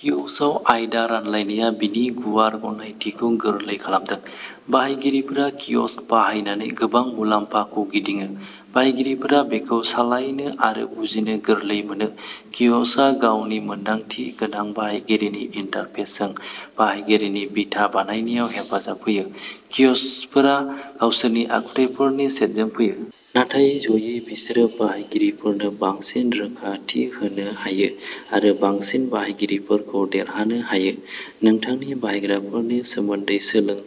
कियसकआव आयदा रानलायनाया बेनि गुवार गनायथिखौ गोरलै खालामदों। बाहायगिरिफोरा कियसक बाहायनानै गोबां मुलाम्फाफोरखौ गिदिङो। बाहायगिरिफोरा बेखौ सालायनो आरो बुजिनो गोरलै मोनो। कियसकआ गावनि मोनदांथि गोनां बाहायगिरिनि इनटारफेसजों बाहायगिरिनि बिथा बानायनायाव हेफाजाब होयो। कियसकफोरा गावसोरनि आखुथायफोरनि सेटजों फैयो। नाथाय जयै बिसोरो बायगिरिफोरनो बांसिन रोखाथि होनो हायो आरो बांसिन बायगिरिफोरखौ देरहानो हायो। नोंथांनि बायग्राफोरनि सोमोन्दै सोलों।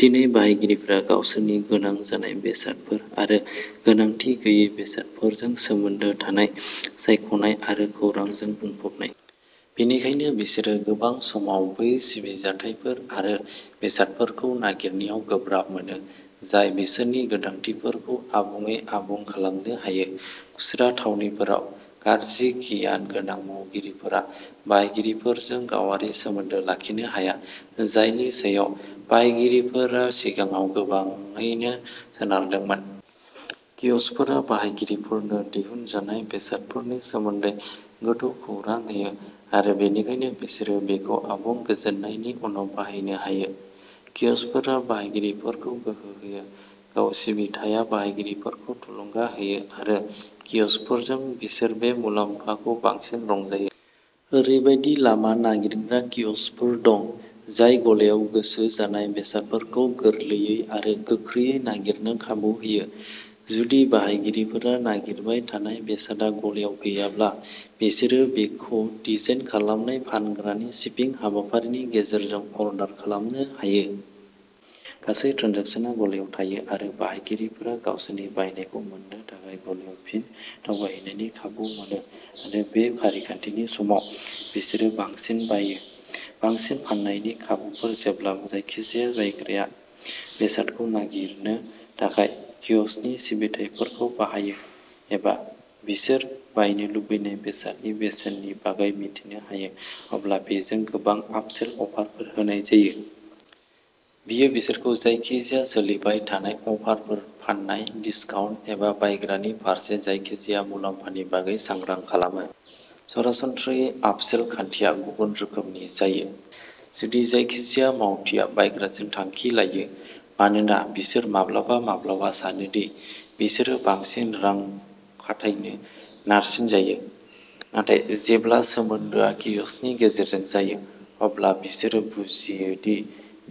दिनै बायगिरिफोरा गावसोरनि गोनां जानाय बेसादफोर आरो गोनांथि गैयै बेसादफोरजों सोमोन्दो थानाय सायख'नाय आरो खौरांजों बुंफबनाय। बेनिखायनो बिसोरो गोबां समावनो बै सिबिथायफोर आरो बेसादफोरखौ नागिरनायाव गोब्राब मोनो जाय बिसोरनि गोनांथिफोरखौ आबुङै आबुं खालामनो हायो। खुस्रा थावनिफोराव गारजि गियान गोनां मावगिरिफोरा बायगिरिफोरजों गावारि सोमोन्दो लाखिनो हाया, जायनि सायाव बाहायगिरिफोरा सिगाङाव गोबाङैनो सोनारदोंमोन। कियसकफोरा बायगिरिफोरनो दिहुनजानाय बेसादफोरनि सोमोन्दै गोथौ खौरां होयो। आरो बेनिखायनो बिसोरो बेखौ आबुं गोजोननायनि उनाव बायनो हायो। कियसकफोरा बायगिरिफोरखौ गोहो होयो। गाव सिबिथाया बायगिरिफोरखौ थुलुंगा होयो आरो कियसकफोरजों बिसोर बे मुलाम्फाखौ बांसिन रंजायो। ओरैबायदि लामा नागिरग्रा कियसकफोर दं जाय गलायाव गोसो जानाय बेसादफोरखौ गोरलैयै आरो गोख्रैयै नागिरनो खाबु होयो। जुदि बायगिरिफोरा नागिरबाय थानाय बेसादआ गलायाव गैयाब्ला, बिसोरो बेखौ डिजाइन खालामनाय फानग्रानि शिपिं हाबाफारिनि गेजेरजों अरडार खालामनो हायो। गासै ट्रेनजेकसनआ गलायाव थायो आरो बायगिरिफोरा गावसोरनि बायनायखौ मोननो थाखाय गलायाव फिन दावबायहैनायनि खाबु मोनो आरो बे फारिखान्थिनि समाव बिसोरो बांसिन बाययो। बांसिन फाननायनि खाबुफोर जेब्लानो जायखिजाया बायग्राया बेसादखौ नागिरनो थाखाय कियसकनि सिबिथाइफोरखौ बाहायो एबा बिसोर बायनो लुबैनाय बेसादनि बेसेननि बागै मिथिनो हायो अब्ला बेजों गोबां आपसेल अफारफोर होनाय जायो। बेयो बिसोरखौ जायखिजाया सोलिबाय थानाय अफारफोर, फान्नाय, दिसकाउन्ट एबा बायग्रानि फारसे जायखिजाया मुलाम्फानि बागै सांग्रां खालामो। सरासनस्रायै आपसेल खान्थिया गुबुन रोखोमनि जायो, जुदि जायखिजाया मावथिआ बायग्राजों थांखि लायो, मानोना बिसोर माब्लाबा-माब्लाबा सानो दि बिसोरो बांसिन रां खाथायनो नारसिनजायो, नाथाय जेब्ला सोमोन्दोआ कियसकनि गेजेरजों जायो, अब्ला बिसोरो बुजियो दि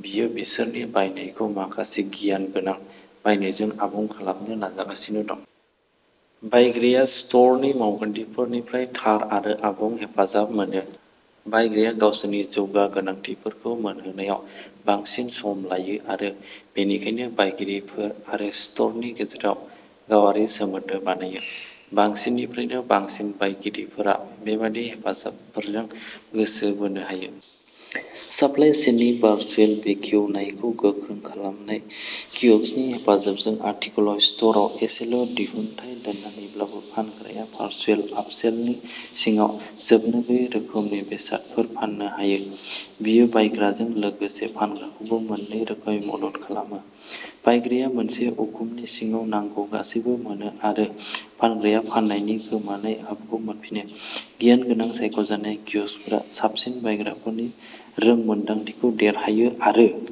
बेयो बिसोरनि बायनायखौ माखासे गियान गोनां बायनायजों आबुं खालामनो नाजागासिनो दं। बायग्राया स्ट'रनि मावथिफोरनिफ्राय थार आरो आबुं हेफाजाब मोनो। बायग्राया गावसोरनि जौगा गोनांथिफोरखौ मोनहोनायाव बांसिन सम लायो आरो बेनिखायनो बायगिरिफोर आरो स्ट'रनि गेजेराव गावारि सोमोन्दो बानायो। बांसिननिफ्राय बांसिन बायगिरिफोरा बेबादि हाबाफोरजों गोसो बोनो हायो। सापलाइ चेननि भारचुएल बेखेवनायखौ गोख्रों खालामनाय कियसकनि हेफाजाबजों आथिखालाव स्ट'रआव एसेल' दिहुनथाय दोननानैब्लाबो फानग्राया भारचुएल आयल्सनि सिङाव जोबनोगैयै रोखोमनि बेसादफोर फाननो हायो। बेयो बायग्राजों लोगोसे फानग्राखौबो मोननै रोखोमै मदद खालामो। बायग्राया मोनसे उखुमनि सिङाव नांगौ गासैबो मोनो आरो फानग्राया फाननायनि गोमानाय खाबुखौ मोनफिनो। गियान गोनां सायख'जानाय कियसकफोरा साबसिन बायग्रानि रोंमोनदांथिखौ देरहायो आरो